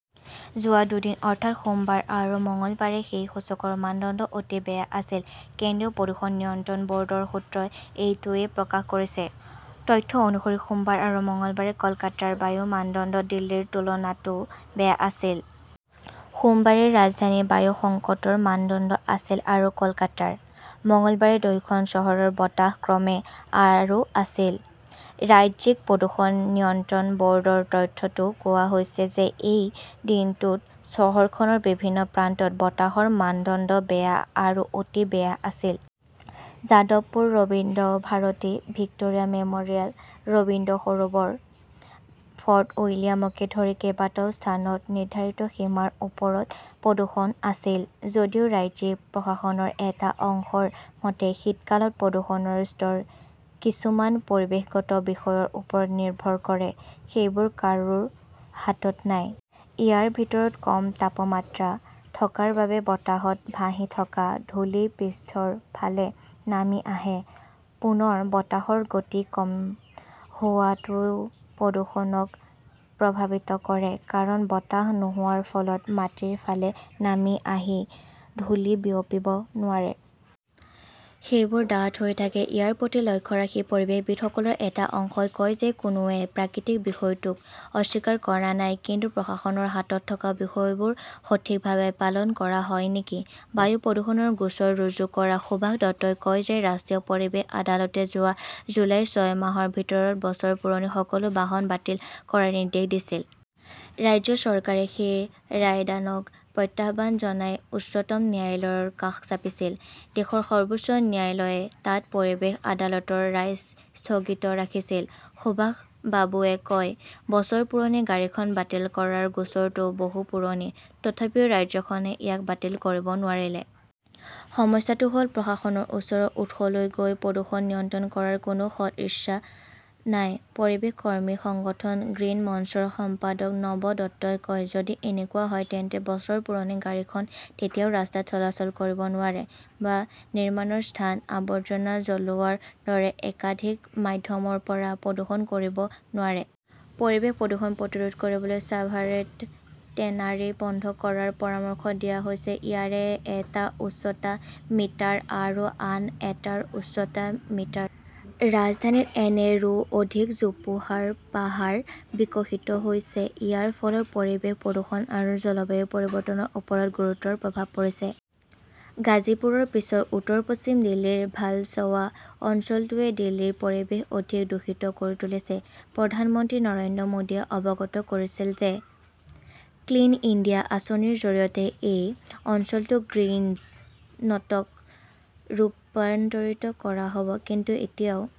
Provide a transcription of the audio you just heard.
যোৱা দুদিন, অৰ্থাৎ সোমবাৰ আৰু মঙলবাৰে সেই সূচকৰ মানদণ্ড 'অতি বেয়া "আছিল। কেন্দ্ৰীয় প্ৰদূষণ নিয়ন্ত্ৰণ ব "ৰ্ডৰ সূত্ৰই এইটোৱেই প্ৰকাশ কৰিছে। তথ্য অনুসৰি সোমবাৰ আৰু মঙলবাৰে কলকাতাৰ বায়ুৰ মানদণ্ড দিল্লীৰ তুলনাতও বেয়া আছিল। সোমবাৰে ৰাজধানীৰ বায়ু সংকেতৰ মানদণ্ড আছিল আৰু কলকাতাৰ। মঙলবাৰে দুয়োখন চহৰৰ বতাহ ক্ৰমে আৰু আছিল। ৰাজ্যিক প্ৰদূষণ নিয়ন্ত্ৰণ ব "ৰ্ডৰ তথ্যতো কোৱা হৈছে যে এই দিনটোত চহৰখনৰ বিভিন্ন প্ৰান্তত বতাহৰ মানদণ্ড বেয়া আৰু অতি বেয়া আছিল। Jadavpur, Rabindra Bharati, Victoria "memorial, Rabindra Sarobar, Fort উইলিয়ামকে ধৰি কেইবাটাও স্থানত নিৰ্ধাৰিত সীমাৰ ওপৰত প্ৰদূষণ আছিল। যদিও ৰাজ্যিক প্ৰশাসনৰ এটা অংশৰ মতে, শীতকালত প্ৰদূষণৰ স্তৰ কিছুমান পৰিৱেশগত বিষয়ৰ ওপৰত নিৰ্ভৰ কৰে। সেইবোৰ কাৰো হাতত নাই। ইয়াৰ ভিতৰত কম তাপমাত্ৰা থকাৰ বাবে বতাহত ভাহি থকা ধূলি পৃষ্ঠৰ ফালে নামি আহে। পুনৰ, বতাহৰ গতি কম হোৱাটোৱেও প্ৰদূষণক প্ৰভাৱিত কৰে। কাৰণ, বতাহ নোহোৱাৰ ফলত মাটিৰ ফালে নামি অহা ধূলি বিয়পিব নোৱাৰে। সেইবোৰ ডাঠ হৈ থাকে। ইয়াৰ প্ৰতি লক্ষ্য ৰাখি পৰিৱেশবিদসকলৰ এটা অংশই কয় যে কোনোৱে প্ৰাকৃতিক বিষয়টোক অস্বীকাৰ কৰা নাই। কিন্তু প্ৰশাসনৰ হাতত থকা বিষয়বোৰ সঠিকভাৱে পালন কৰা হয় নেকি? বায়ু প্ৰদূষণৰ গোচৰ ৰুজু কৰা সুভাষ দত্তই কয় যে ৰাষ্ট্ৰীয় পৰিৱেশ আদালতে যোৱা জুলাইত ছয় মাহৰ ভিতৰত বছৰ পুৰণি সকলো বাহন বাতিল কৰাৰ নিৰ্দেশ দিছিল। ৰাজ্য চৰকাৰে সেই ৰায়দানক প্ৰত্যাহ্বান জনাই উচ্চতম ন্যায়ালয়ৰ কাষ চাপিছিল। দেশৰ সৰ্বোচ্চ ন্যায়ালয়ে তাত পৰিৱেশ আদালতৰ ৰায় স্থগিত ৰাখিছিল। সুভাষ বাবুৱে কয়, " বছৰ পুৰণি গাড়ীখন বাতিল কৰাৰ গোচৰটো বহু পুৰণি। তথাপিও ৰাজ্যখনে ইয়াক বাতিল কৰিব নোৱাৰিলে! "সমস্যাটো হ" ল, প্ৰশাসনৰ ওচৰত উৎসলৈ গৈ প্ৰদূষণ নিয়ন্ত্ৰণ কৰাৰ কোনো সদিচ্ছা নাই ", পৰিৱেশ কৰ্মী সংগঠন 'গ্ৰীণ মঞ্চ' ৰ সম্পাদক নব দত্তই কয়। যদি এনেকুৱা হয়, তেন্তে বছৰ পুৰণি গাড়ীখন এতিয়াও ৰাস্তাত চলাচল কৰিব নোৱাৰে, বা নিৰ্মাণৰ স্থান, আৱৰ্জনা জ্বলোৱাৰ দৰে একাধিক মাধ্যমৰ পৰা প্ৰদূষণ কৰিব নোৱাৰে। "। পৰিৱেশ প্ৰদূষণ প্ৰতিৰোধ কৰিবলৈ ছাভাৰত টেনাৰী বন্ধ কৰাৰ পৰামৰ্শ দিয়া হৈছে ইয়াৰে এটাৰ উচ্চতা মিটাৰ আৰু আন এটাৰ উচ্চতা মিটাৰ। ৰাজধানীত এনে, ৰো অধিক জোপোহাৰ পাহাৰ বিকশিত হৈছে। ইয়াৰ ফলত পৰিৱেশ প্ৰদূষণ আৰু জলবায়ু পৰিৱৰ্তনৰ ওপৰত গুৰুতৰ প্ৰভাৱ পৰিছে। গাজীপুৰৰ পিছত উত্তৰ-পশ্চিম দিল্লীৰ ভালছৱা অঞ্চলটোৱে দিল্লীৰ পৰিৱেশ অধিক দূষিত কৰি তুলিছে। প্ৰধানমন্ত্ৰী নৰেন্দ্ৰ মোদীয়ে অৱগত কৰিছিল যে 'ক্লিন ইণ্ডিয়া "আঁচনিৰ জৰিয়তে এই অঞ্চলসমূহক' গ্ৰীণ জ" নত "ৰূপান্তৰিত কৰা হ" ব। কিন্তু এতিয়াও